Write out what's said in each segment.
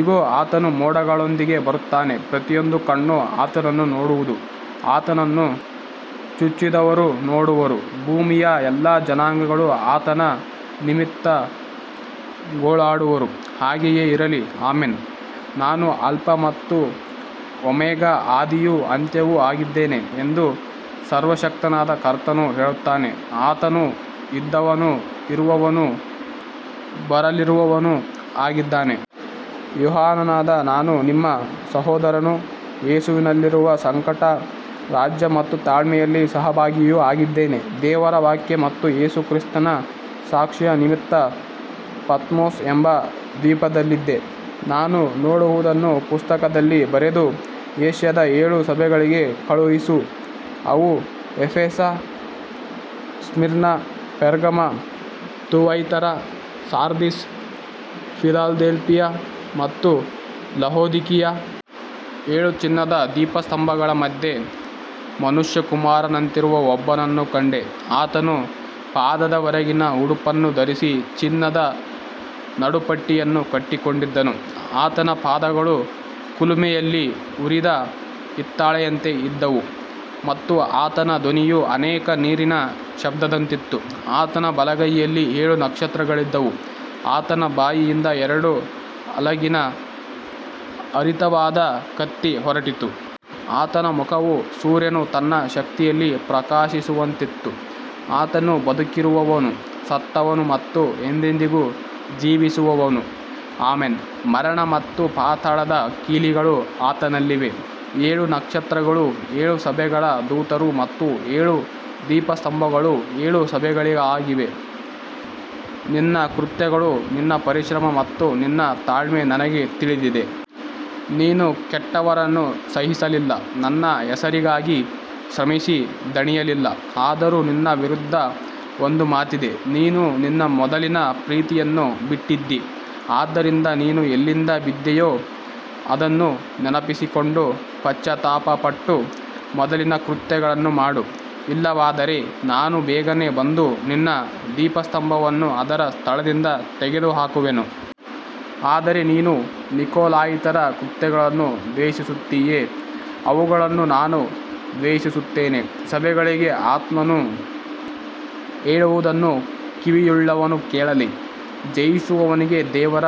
ಇಗೋ, ಆತನು ಮೋಡಗಳೊಂದಿಗೆ ಬರುತ್ತಾನೆ. ಪ್ರತಿಯೊಂದು ಕಣ್ಣೂ ಆತನನ್ನು ನೋಡುವುದು, ಆತನನ್ನು ಚುಚ್ಚಿದವರೂ ನೋಡುವರು. ಭೂಮಿಯ ಎಲ್ಲಾ ಜನಾಂಗಗಳು ಆತನ ನಿಮಿತ್ತ ಗೋಳಾಡುವರು. ಹಾಗೆಯೇ ಇರಲಿ. ಆಮೆನ್. ನಾನು ಆಲ್ಫಾ ಮತ್ತು ಒಮೆಗಾ, ಆದಿಯೂ ಅಂತ್ಯವೂ ಆಗಿದ್ದೇನೆ ಎಂದು ಸರ್ವಶಕ್ತನಾದ ಕರ್ತನು ಹೇಳುತ್ತಾನೆ. ಆತನು ಇದ್ದವನೂ ಇರುವವನೂ ಬರಲಿರುವವನೂ ಆಗಿದ್ದಾನೆ. ಯೋಹಾನನಾದ ನಾನು ನಿಮ್ಮ ಸಹೋದರನೂ ಯೇಸುವಿನಲ್ಲಿರುವ ಸಂಕಟ, ರಾಜ್ಯ ಮತ್ತು ತಾಳ್ಮೆಯಲ್ಲಿ ಸಹಭಾಗಿಯೂ ಆಗಿದ್ದೇನೆ. ದೇವರ ವಾಕ್ಯ ಮತ್ತು ಯೇಸು ಕ್ರಿಸ್ತನ ಸಾಕ್ಷಿಯ ನಿಮಿತ್ತ ಪತ್ಮೋಸ್ ಎಂಬ ದ್ವೀಪದಲ್ಲಿದ್ದೆ. ನಾನು ನೋಡುವುದನ್ನು ಪುಸ್ತಕದಲ್ಲಿ ಬರೆದು ಏಷ್ಯಾದ ಏಳು ಸಭೆಗಳಿಗೆ ಕಳುಹಿಸು. ಅವು Ephesus, Smyrna, Pergamum, Thyatira, Sardis, Philadelphia ಮತ್ತು ಲವೋದಿಕೀಯ. ಏಳು ಚಿನ್ನದ ದೀಪಸ್ತಂಭಗಳ ಮಧ್ಯೆ ಮನುಷ್ಯಕುಮಾರನಂತಿರುವ ಒಬ್ಬನನ್ನು ಕಂಡೆ. ಆತನು ಪಾದದವರೆಗಿನ ಉಡುಪನ್ನು ಧರಿಸಿ ಚಿನ್ನದ ನಡುಪಟ್ಟಿಯನ್ನು ಕಟ್ಟಿಕೊಂಡಿದ್ದನು. ಆತನ ಪಾದಗಳು ಕುಲುಮೆಯಲ್ಲಿ ಉರಿದ ಹಿತ್ತಾಳೆಯಂತೆ ಇದ್ದವು ಮತ್ತು ಆತನ ಧ್ವನಿಯು ಅನೇಕ ನೀರಿನ ಶಬ್ದದಂತಿತ್ತು. ಆತನ ಬಲಗೈಯಲ್ಲಿ ಏಳು ನಕ್ಷತ್ರಗಳಿದ್ದವು. ಆತನ ಬಾಯಿಂದ ಎರಡು ಅಲಗಿನ ಹರಿತವಾದ ಕತ್ತಿ ಹೊರಟಿತು. ಆತನ ಮುಖವು ಸೂರ್ಯನು ತನ್ನ ಶಕ್ತಿಯಲ್ಲಿ ಪ್ರಕಾಶಿಸುವಂತಿತ್ತು. ಆತನು ಬದುಕಿರುವವನು, ಸತ್ತವನು ಮತ್ತು ಎಂದೆಂದಿಗೂ ಜೀವಿಸುವವನು. ಆಮೆನ್. ಮರಣ ಮತ್ತು ಪಾತಾಳದ ಕೀಲಿಗಳು ಆತನಲ್ಲಿವೆ. ಏಳು ನಕ್ಷತ್ರಗಳು ಏಳು ಸಭೆಗಳ ದೂತರು ಮತ್ತು ಏಳು ದೀಪಸ್ತಂಭಗಳು ಏಳು ಸಭೆಗಳಾಗಿವೆ. ನಿನ್ನ ಕೃತ್ಯಗಳು, ನಿನ್ನ ಪರಿಶ್ರಮ ಮತ್ತು ನಿನ್ನ ತಾಳ್ಮೆ ನನಗೆ ತಿಳಿದಿವೆ. ನೀನು ಕೆಟ್ಟವರನ್ನು ಸಹಿಸಲಿಲ್ಲ, ನನ್ನ ಹೆಸರಿಗಾಗಿ ಶ್ರಮಿಸಿ ದಣಿಯಲಿಲ್ಲ. ಆದರೂ ನಿನ್ನ ವಿರುದ್ಧ ಒಂದು ಮಾತಿದೆ, ನೀನು ನಿನ್ನ ಮೊದಲಿನ ಪ್ರೀತಿಯನ್ನು ಬಿಟ್ಟಿದ್ದೀ. ಆದ್ದರಿಂದ ನೀನು ಎಲ್ಲಿಂದ ಬಿದ್ದೆಯೋ ಅದನ್ನು ನೆನಪಿಸಿಕೊಂಡು ಪಶ್ಚಾತ್ತಾಪಪಟ್ಟು ಮೊದಲಿನ ಕೃತ್ಯಗಳನ್ನು ಮಾಡು. ಇಲ್ಲವಾದರೆ ನಾನು ಬೇಗನೆ ಬಂದು ನಿನ್ನ ದೀಪಸ್ತಂಭವನ್ನು ಅದರ ಸ್ಥಳದಿಂದ ತೆಗೆದುಹಾಕುವೆನು. ಆದರೆ ನೀನು ನಿಕೊಲಾಯಿತರ ಕೃತ್ಯಗಳನ್ನು ದ್ವೇಷಿಸುತ್ತೀಯೆ, ಅವುಗಳನ್ನು ನಾನೂ ದ್ವೇಷಿಸುತ್ತೇನೆ. ಸಭೆಗಳಿಗೆ ಆತ್ಮನು ಹೇಳುವುದನ್ನು ಕಿವಿಯುಳ್ಳವನು ಕೇಳಲಿ. ಜಯಿಸುವವನಿಗೆ ದೇವರ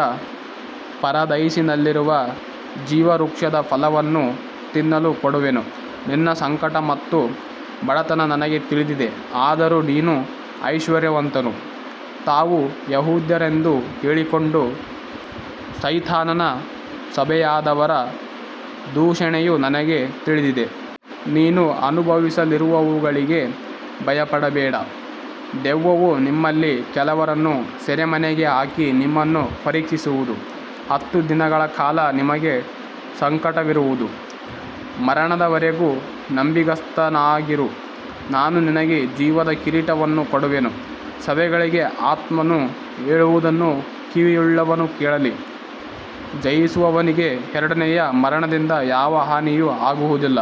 ಪರದೈಸಿನಲ್ಲಿರುವ ಜೀವವೃಕ್ಷದ ಫಲವನ್ನು ತಿನ್ನಲು ಕೊಡುವೆನು. ನಿನ್ನ ಸಂಕಟ ಮತ್ತು ಬಡತನ ನನಗೆ ತಿಳಿದಿವೆ, ಆದರೂ ನೀನು ಐಶ್ವರ್ಯವಂತನು. ತಾವು ಯೆಹೂದ್ಯರೆಂದು ಹೇಳಿಕೊಂಡು ಸೈತಾನನ ಸಭೆಯಾದವರ ದೂಷಣೆಯೂ ನನಗೆ ತಿಳಿದಿದೆ. ನೀನು ಅನುಭವಿಸಲಿರುವವುಗಳಿಗೆ ಭಯಪಡಬೇಡ. ದೆವ್ವವು ನಿಮ್ಮಲ್ಲಿ ಕೆಲವರನ್ನು ಸೆರೆಮನೆಗೆ ಹಾಕಿ ನಿಮ್ಮನ್ನು ಪರೀಕ್ಷಿಸುವುದು. ಹತ್ತು ದಿನಗಳ ಕಾಲ ನಿಮಗೆ ಸಂಕಟವಿರುವುದು. ಮರಣದವರೆಗೂ ನಂಬಿಗಸ್ತನಾಗಿರು, ನಾನು ನಿನಗೆ ಜೀವದ ಕಿರೀಟವನ್ನು ಕೊಡುವೆನು. ಸಭೆಗಳಿಗೆ ಆತ್ಮನು ಹೇಳುವುದನ್ನು ಕಿವಿಯುಳ್ಳವನು ಕೇಳಲಿ. ಜಯಿಸುವವನಿಗೆ ಎರಡನೆಯ ಮರಣದಿಂದ ಯಾವ ಹಾನಿಯೂ ಆಗುವುದಿಲ್ಲ.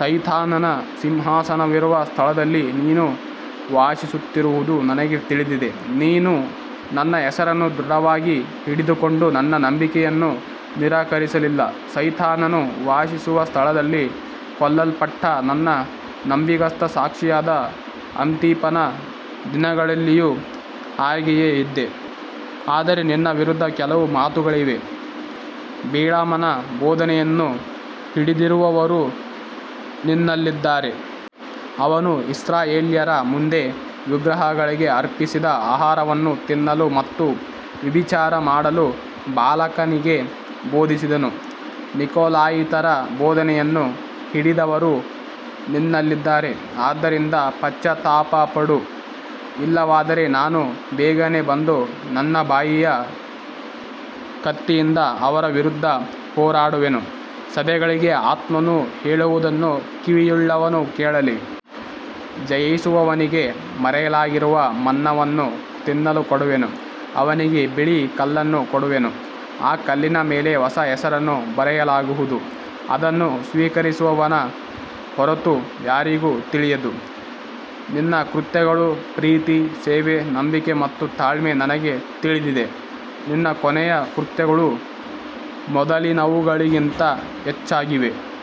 ಸೈತಾನನ ಸಿಂಹಾಸನವಿರುವ ಸ್ಥಳದಲ್ಲಿ ನೀನು ವಾಸಿಸುತ್ತಿರುವುದು ನನಗೆ ತಿಳಿದಿದೆ. ನೀನು ನನ್ನ ಹೆಸರನ್ನು ದೃಢವಾಗಿ ಹಿಡಿದುಕೊಂಡು ನನ್ನ ನಂಬಿಕೆಯನ್ನು ನಿರಾಕರಿಸಲಿಲ್ಲ. ಸೈತಾನನು ವಾಸಿಸುವ ಸ್ಥಳದಲ್ಲಿ ಕೊಲ್ಲಲ್ಪಟ್ಟ ನನ್ನ ನಂಬಿಗಸ್ತ ಸಾಕ್ಷಿಯಾದ ಅಂತಿಪನ ದಿನಗಳಲ್ಲಿಯೂ ಹಾಗೆಯೇ ಇದ್ದೆ. ಆದರೆ ನಿನ್ನ ವಿರುದ್ಧ ಕೆಲವು ಮಾತುಗಳಿವೆ. ಬಿಳಾಮನ ಬೋಧನೆಯನ್ನು ಹಿಡಿದಿರುವವರು ನಿನ್ನಲ್ಲಿದ್ದಾರೆ. ಅವನು ಇಸ್ರಾಯೇಲ್ಯರ ಮುಂದೆ ವಿಗ್ರಹಗಳಿಗೆ ಅರ್ಪಿಸಿದ ಆಹಾರವನ್ನು ತಿನ್ನಲು ಮತ್ತು ವ್ಯಭಿಚಾರ ಮಾಡಲು ಬಾಲಾಕನಿಗೆ ಬೋಧಿಸಿದನು. ನಿಕೊಲಾಯಿತರ ಬೋಧನೆಯನ್ನು ಹಿಡಿದವರೂ ನಿನ್ನಲ್ಲಿದ್ದಾರೆ. ಆದ್ದರಿಂದ ಪಶ್ಚಾತ್ತಾಪಪಡು. ಇಲ್ಲವಾದರೆ ನಾನು ಬೇಗನೆ ಬಂದು ನನ್ನ ಬಾಯಿಯ ಕತ್ತಿಯಿಂದ ಅವರ ವಿರುದ್ಧ ಹೋರಾಡುವೆನು. ಸಭೆಗಳಿಗೆ ಆತ್ಮನು ಹೇಳುವುದನ್ನು ಕಿವಿಯುಳ್ಳವನು ಕೇಳಲಿ. ಜಯಿಸುವವನಿಗೆ ಮರೆಯಾಗಿರುವ ಮನ್ನವನ್ನು ತಿನ್ನಲು ಕೊಡುವೆನು. ಅವನಿಗೆ ಬಿಳಿ ಕಲ್ಲನ್ನೂ ಕೊಡುವೆನು. ಆ ಕಲ್ಲಿನ ಮೇಲೆ ಹೊಸ ಹೆಸರನ್ನು ಬರೆಯಲಾಗುವುದು, ಅದನ್ನು ಸ್ವೀಕರಿಸುವವನ ಹೊರತು ಯಾರಿಗೂ ತಿಳಿಯದು. ನಿನ್ನ ಕೃತ್ಯಗಳು, ಪ್ರೀತಿ, ಸೇವೆ, ನಂಬಿಕೆ ಮತ್ತು ತಾಳ್ಮೆ ನನಗೆ ತಿಳಿದಿವೆ. ನಿನ್ನ ಕೊನೆಯ ಕೃತ್ಯಗಳು ಮೊದಲಿನವುಗಳಿಗಿಂತ ಹೆಚ್ಚಾಗಿವೆ.